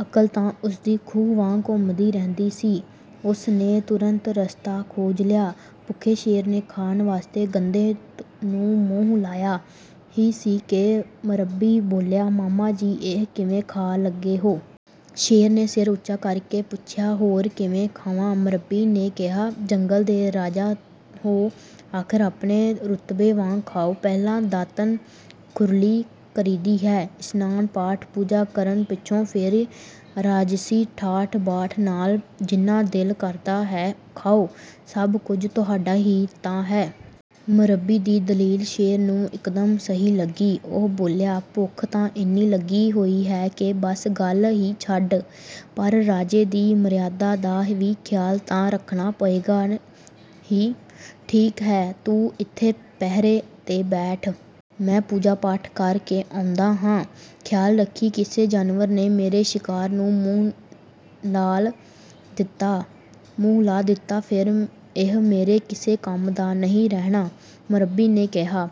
ਅਕਲ ਤਾਂ ਉਸ ਦੀ ਖੂਹ ਵਾਂਗ ਘੁੰਮਦੀ ਰਹਿੰਦੀ ਸੀ। ਉਸ ਨੇ ਤੁਰੰਤ ਰਸਤਾ ਖੋਜ ਲਿਆ। ਭੁੱਖੇ ਸ਼ੇਰ ਨੇ ਖਾਣ ਵਾਸਤੇ ਗੰਦੇ ਨੂੰ ਮੂੰਹ ਲਾਇਆ ਹੀ ਸੀ ਕਿ ਮਰੱਬੀ ਬੋਲਿਆ, "ਮਾਮਾ ਜੀ, ਇਹ ਕਿਵੇਂ ਖਾਣ ਲੱਗੇ ਹੋ?" ਸ਼ੇਰ ਨੇ ਸਿਰ ਉੱਚਾ ਕਰ ਕੇ ਪੁੱਛਿਆ, "ਹੋਰ ਕਿਵੇਂ ਖਾਵਾਂ?" ਮਰੱਬੀ ਨੇ ਕਿਹਾ, "ਜੰਗਲ ਦੇ ਰਾਜਾ ਹੋ ਆਖਰ, ਆਪਣੇ ਰੁਤਬੇ ਵਾਂਗ ਖਾਓ। ਪਹਿਲਾਂ ਦਾਤਣ-ਕੁਰਲੀ ਕਰੀਦੀ ਹੈ, ਇਸ਼ਨਾਨ, ਪਾਠ-ਪੂਜਾ ਕਰਨ ਪਿੱਛੋਂ ਫਿਰ ਰਾਜਸੀ ਠਾਠ-ਬਾਠ ਨਾਲ ਜਿੰਨਾ ਦਿਲ ਕਰਦਾ ਹੈ ਖਾਓ, ਸਭ ਕੁਝ ਤੁਹਾਡਾ ਹੀ ਤਾਂ ਹੈ।" ਮਰੱਬੀ ਦੀ ਦਲੀਲ ਸ਼ੇਰ ਨੂੰ ਇੱਕਦਮ ਸਹੀ ਲੱਗੀ। ਉਹ ਬੋਲਿਆ, "ਭੁੱਖ ਤਾਂ ਇੰਨੀ ਲੱਗੀ ਹੋਈ ਹੈ ਕਿ ਬੱਸ ਗੱਲ ਹੀ ਛੱਡ, ਪਰ ਰਾਜੇ ਦੀ ਮਰਿਆਦਾ ਦਾ ਵੀ ਖਿਆਲ ਤਾਂ ਰੱਖਣਾ ਪਏਗਾ ਹੀ। ਠੀਕ ਹੈ, ਤੂੰ ਇੱਥੇ ਪਹਿਰੇ 'ਤੇ ਬੈਠ। ਮੈਂ ਪੂਜਾ-ਪਾਠ ਕਰ ਕੇ ਆਉਂਦਾ ਹਾਂ। ਖਿਆਲ ਰੱਖੀਂ, ਕਿਸੇ ਜਾਨਵਰ ਨੇ ਮੇਰੇ ਸ਼ਿਕਾਰ ਨੂੰ ਮੂੰਹ ਲਾ ਦਿੱਤਾ, ਫਿਰ ਇਹ ਮੇਰੇ ਕਿਸੇ ਕੰਮ ਦਾ ਨਹੀਂ ਰਹਿਣਾ।" ਮਰੱਬੀ ਨੇ ਕਿਹਾ,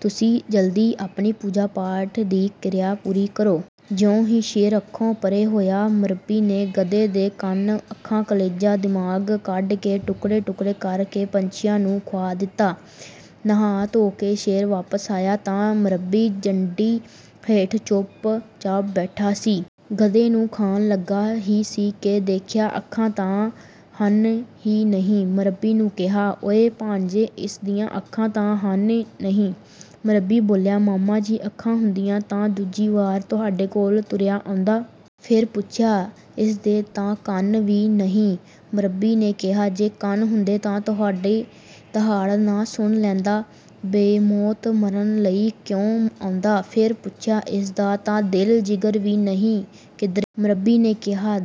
"ਤੁਸੀਂ ਜਲਦੀ ਆਪਣੀ ਪੂਜਾ-ਪਾਠ ਦੀ ਕਿਰਿਆ ਪੂਰੀ ਕਰੋ।" ਜਿਉਂ ਹੀ ਸ਼ੇਰ ਅੱਖੋਂ ਪਰ੍ਹੇ ਹੋਇਆ, ਮਰੱਬੀ ਨੇ ਗਧੇ ਦੇ ਕੰਨ, ਅੱਖਾਂ, ਕਲੇਜਾ, ਦਿਮਾਗ ਕੱਢ ਕੇ ਟੁਕੜੇ-ਟੁਕੜੇ ਕਰ ਕੇ ਪੰਛੀਆਂ ਨੂੰ ਖੁਆ ਦਿੱਤੇ। ਨਹਾ-ਧੋ ਕੇ ਸ਼ੇਰ ਵਾਪਸ ਆਇਆ ਤਾਂ ਮਰੱਬੀ ਜੰਡੀ ਹੇਠ ਚੁੱਪ-ਚਾਪ ਬੈਠਾ ਸੀ। ਗਧੇ ਨੂੰ ਖਾਣ ਲੱਗਾ ਹੀ ਸੀ ਕਿ ਦੇਖਿਆ, ਅੱਖਾਂ ਤਾਂ ਹਨ ਹੀ ਨਹੀਂ। ਮਰੱਬੀ ਨੂੰ ਕਿਹਾ, "ਓਏ ਭਾਣਜੇ, ਇਸ ਦੀਆਂ ਅੱਖਾਂ ਤਾਂ ਹਨ ਨਹੀਂ?" ਮਰੱਬੀ ਬੋਲਿਆ, "ਮਾਮਾ ਜੀ, ਅੱਖਾਂ ਹੁੰਦੀਆਂ ਤਾਂ ਦੂਜੀ ਵਾਰ ਤੁਹਾਡੇ ਕੋਲ ਤੁਰਿਆ ਆਉਂਦਾ?" ਫਿਰ ਪੁੱਛਿਆ, "ਇਸ ਦੇ ਤਾਂ ਕੰਨ ਵੀ ਨਹੀਂ?" ਮਰੱਬੀ ਨੇ ਕਿਹਾ, "ਜੇ ਕੰਨ ਹੁੰਦੇ ਤਾਂ ਤੁਹਾਡੀ ਦਹਾੜ ਨਾ ਸੁਣ ਲੈਂਦਾ? ਬੇਮੌਤ ਮਰਨ ਲਈ ਕਿਉਂ ਆਉਂਦਾ?" ਫਿਰ ਪੁੱਛਿਆ, "ਇਸ ਦਾ ਤਾਂ ਦਿਲ-ਜਿਗਰ ਵੀ ਨਹੀਂ ਕਿਧਰੇ?" ਮਰੱਬੀ ਨੇ ਕਿਹਾ,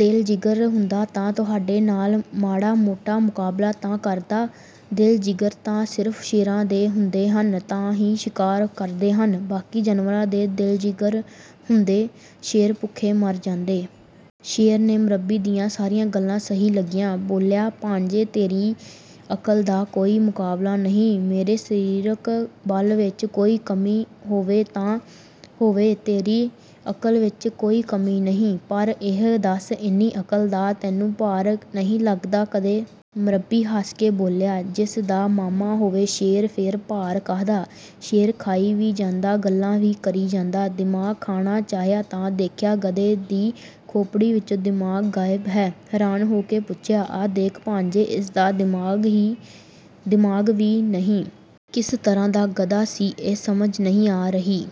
"ਦਿਲ-ਜਿਗਰ ਹੁੰਦਾ ਤਾਂ ਤੁਹਾਡੇ ਨਾਲ ਮਾੜਾ-ਮੋਟਾ ਮੁਕਾਬਲਾ ਨਾ ਕਰਦਾ? ਦਿਲ-ਜਿਗਰ ਤਾਂ ਸਿਰਫ਼ ਸ਼ੇਰਾਂ ਦੇ ਹੁੰਦੇ ਹਨ, ਤਾਂ ਹੀ ਸ਼ਿਕਾਰ ਕਰਦੇ ਹਨ। ਬਾਕੀ ਜਾਨਵਰਾਂ ਦੇ ਦਿਲ-ਜਿਗਰ ਹੁੰਦੇ, ਸ਼ੇਰ ਭੁੱਖੇ ਮਰ ਜਾਂਦੇ!" ਸ਼ੇਰ ਨੂੰ ਮਰੱਬੀ ਦੀਆਂ ਸਾਰੀਆਂ ਗੱਲਾਂ ਸਹੀ ਲੱਗੀਆਂ, ਬੋਲਿਆ, "ਭਾਣਜੇ, ਤੇਰੀ ਅਕਲ ਦਾ ਕੋਈ ਮੁਕਾਬਲਾ ਨਹੀਂ। ਮੇਰੇ ਸਰੀਰਕ ਬਲ ਵਿੱਚ ਕੋਈ ਕਮੀ ਹੋਵੇ ਤਾਂ ਹੋਵੇ, ਤੇਰੀ ਅਕਲ ਵਿੱਚ ਕੋਈ ਕਮੀ ਨਹੀਂ। ਪਰ ਇਹ ਦੱਸ, ਇੰਨੀ ਅਕਲ ਦਾ ਤੈਨੂੰ ਭਾਰ ਨਹੀਂ ਲੱਗਦਾ ਕਦੇ?" ਮਰੱਬੀ ਹੱਸ ਕੇ ਬੋਲਿਆ, "ਜਿਸ ਦਾ ਮਾਮਾ ਹੋਵੇ ਸ਼ੇਰ, ਫਿਰ ਭਾਰ ਕਾਹਦਾ?" ਸ਼ੇਰ, ਖਾਈ ਵੀ ਜਾਂਦਾ, ਗੱਲਾਂ ਵੀ ਕਰੀ ਜਾਂਦਾ। ਦਿਮਾਗ ਖਾਣਾ ਚਾਹਿਆ ਤਾਂ ਦੇਖਿਆ, ਗਧੇ ਦੀ ਖੋਪੜੀ ਵਿੱਚੋਂ ਦਿਮਾਗ ਗਾਇਬ ਹੈ। ਹੈਰਾਨ ਹੋ ਕੇ ਪੁੱਛਿਆ, "ਆਹ ਦੇਖ ਭਾਣਜੇ, ਇਸ ਦਾ ਦਿਮਾਗ ਵੀ ਨਹੀਂ। ਕਿਸ ਤਰ੍ਹਾਂ ਦਾ ਗਧਾ ਸੀ ਇਹ, ਸਮਝ ਨਹੀਂ ਆ ਰਹੀ?"